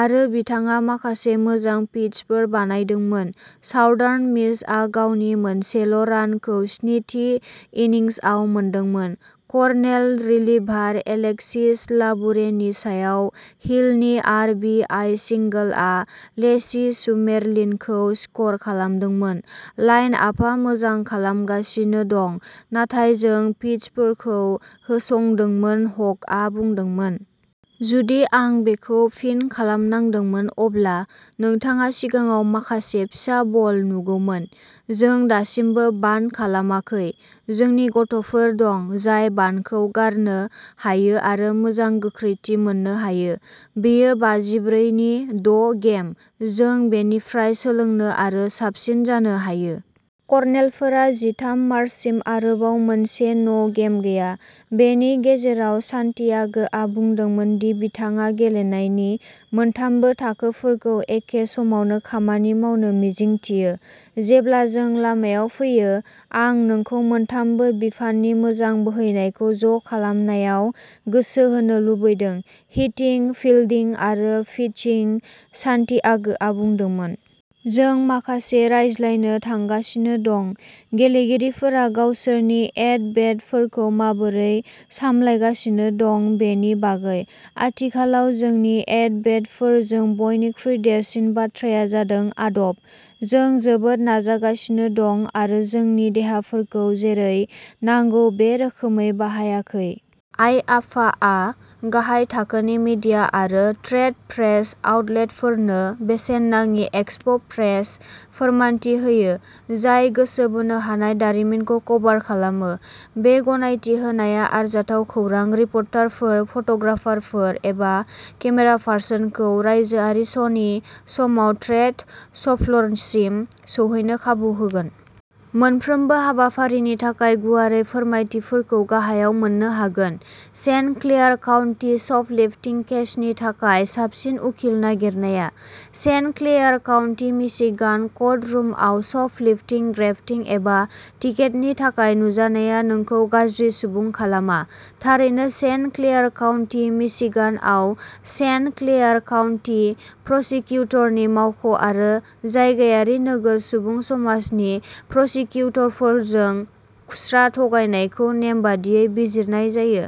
आरो बिथाङा माखासे मोजां पिचफोर बानायदोंमोन। साउदार्न मिसआ गावनि मोनसेल' रानखौ स्निथि इन्निंसआव मोनदोंमोन। कर्नेल रिलिभार एलेक्सिस लाबुरेनि सायाव हिलनि आर बि आइ सिंगोलआ लेसि सुमेरलिनखौ स्कर खालामदोंमोन। लाइनआपा मोजां खालामगासिनो दं, नाथाय जों पिचफोरखौ होसंदोंमोन हगआ बुंदोंमोन। जुदि आं बेखौ फिन खालामनांदोंमोन, अब्ला नोंथाङा सिगाङाव माखासे फिसा बल नुगौमोन। जों दासिमबो बान्ट खालामाखै। जोंनि गथ'फोर दं जाय बान्टखौ गारनो हायो आरो मोजां गोख्रैथि मोननो हायो। बेयो बाजिब्रै नि द'गेम। जों बेनिफ्राय सोलोंनो आरो साबसिन जानो हायो। कर्नेलफोरा जिथाम मार्चसिम आरोबाव मोनसे न'गेम गैया। बेनि गेजेराव, सान्टियागोआ बुंदोंमोन दि बिथाङा गेलेनायनि मोनथामबो थाखोफोरखौ एखे समावनो खामानि मावनो मिजिंथियो। जेब्ला जों लामायाव फैयो, आं नोंखौ मोनथामबो बिफाननि मोजां बोहैनायखौ ज'खालामनायाव गोसो होनो लुबैदों हिटिं, फिल्डिं आरो पिचिं सान्टियागोआ बुंदोंमोन। जों माखासेजों रायज्लायनो थांगासिनो दं। गेलेगिरिफोरा गावसोरनि एट बेटफोरखौ माबोरै सामलायगासिनो दं बेनि बागै। आथिखालाव जोंनि एट-बेटफोरजों बयनिख्रुइ देरसिन बाथ्राया जादों आदब। जों जोबोद नाजागासिनो दं आरो जोंनि देहाफोरखौ जेरै नांगौ बे रोखोमै बाहायाखै। आइआफफा आ गाहाय थाखोनि मीडिया आरो ट्रेड प्रेस आउटलेटफोरनो बेसेन नाङि एक्सपो प्रेस फोरमानथि होयो, जाय गोसो बोनो हानाय दारिमिनखौ कभार खालामो। बे गनायथि होनाया आरजाथाव खौरां रिपर्टारफोर, फट'ग्राफारफोर, एबा केमेरापारसनफोरखौ रायजोआरि श'नि समाव ट्रेड श'फ्ल'रसिम सौहैनो खाबु होगोन। मोनफ्रोमबो हाबाफारिनि थाखाय गुवारै फोरमायथिफोरखौ गाहायाव मोन्नो हागोन। सेन्ट क्लेयार काउन्टी श'पलेफ्टिं केसनि थाखाय साबसिन उखिल नागिरनाया? सेन्ट क्लेयार काउन्टी मिशिगान क'र्टरुमआव श'पलेफ्टिं ग्रेप्तिं एबा टिकेटनि थाखाय नुजानाया नोंखौ गाज्रि सुबुं खालामा। थारैनो, सेन्ट क्लेयार काउन्टी मिशिगानआव सेन्ट क्लेयार काउन्टी प्रसिकिउटरनि मावख' आरो जायगायारि नोगोर सुबुं समाजनि प्रसिकिउटरफोरजों खुस्रा थगायनायखौ नेमबादियै बिजिरनाय जायो,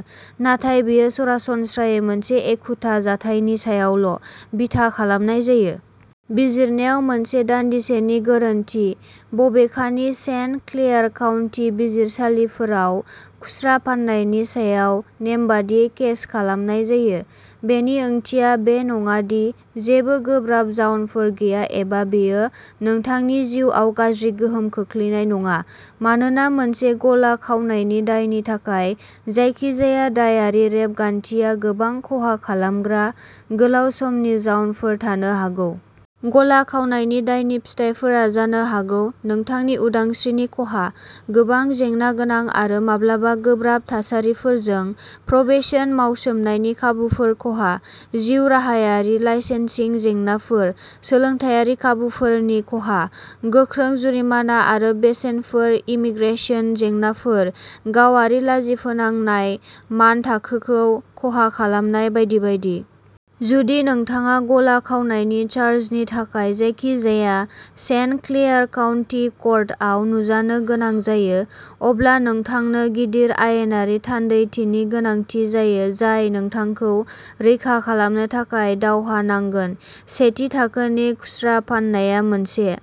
नाथाय बेयो सरासनस्रायै मोनसे एखुथा जाथायनि सायावल' बिथा खालामनाय जायो। बिजिरनायाव मोनसे दानदिसेनि गोरोन्थि। बबेखानि, सेन्ट क्लेयार काउन्टि बिजिरसालिफोराव खुस्रा फाननायनि सायाव नेमबादियै केस खालामनाय जायो, बेनि ओंथिया बे नङा दि जेबो गोब्राब जाउनफोर गैया एबा बेयो नोंथांनि जिउआव गाज्रि गोहोम खोख्लैनाय नङा, मानोना मोनसे गला खावनायनि दायनि थाखाय जायखिजाया दायारि रेबगान्थिया गोबां खहा खालामग्रा गोलाव समनि जाउनफोर थानो हागौ। गला खावनायनि दायनि फिथाइफोरा जानो हागौ नोंथांनि उदांस्रिनि खहा, गोबां जेंनागोनां आरो माब्लाबा गोब्राब थासारिफोरजों प्रबेशन मावसोमनायनि खाबुफोर खहा; जिउराहायारि लाइसेन्सिं जेंनाफोर, सोलोंथायारि खाबुफोरनि खहा, गोख्रों जुरिमाना आरो बेसेनफोर इमिग्रेशन जेंनाफोर गावारि लाजिफोनांनाय मानथाखोखौ खहा खालामनाय, बायदि बायदि। जुदि नोंथाङा गला खावनायनि चार्जनि थाखाय जायखिजाया सेन्ट क्लेयार काउन्टि कर्टआव नुजानो गोनां जायो, अब्ला नोंथांनो गिदिर आयेनारि थान्दैथिनि गोनांथि जायो जाय नोंथांखौ रैखा खालामनो थाखाय दावहा नांगोन। सेथि थाखोनि खुस्रा फाननाया मोनसे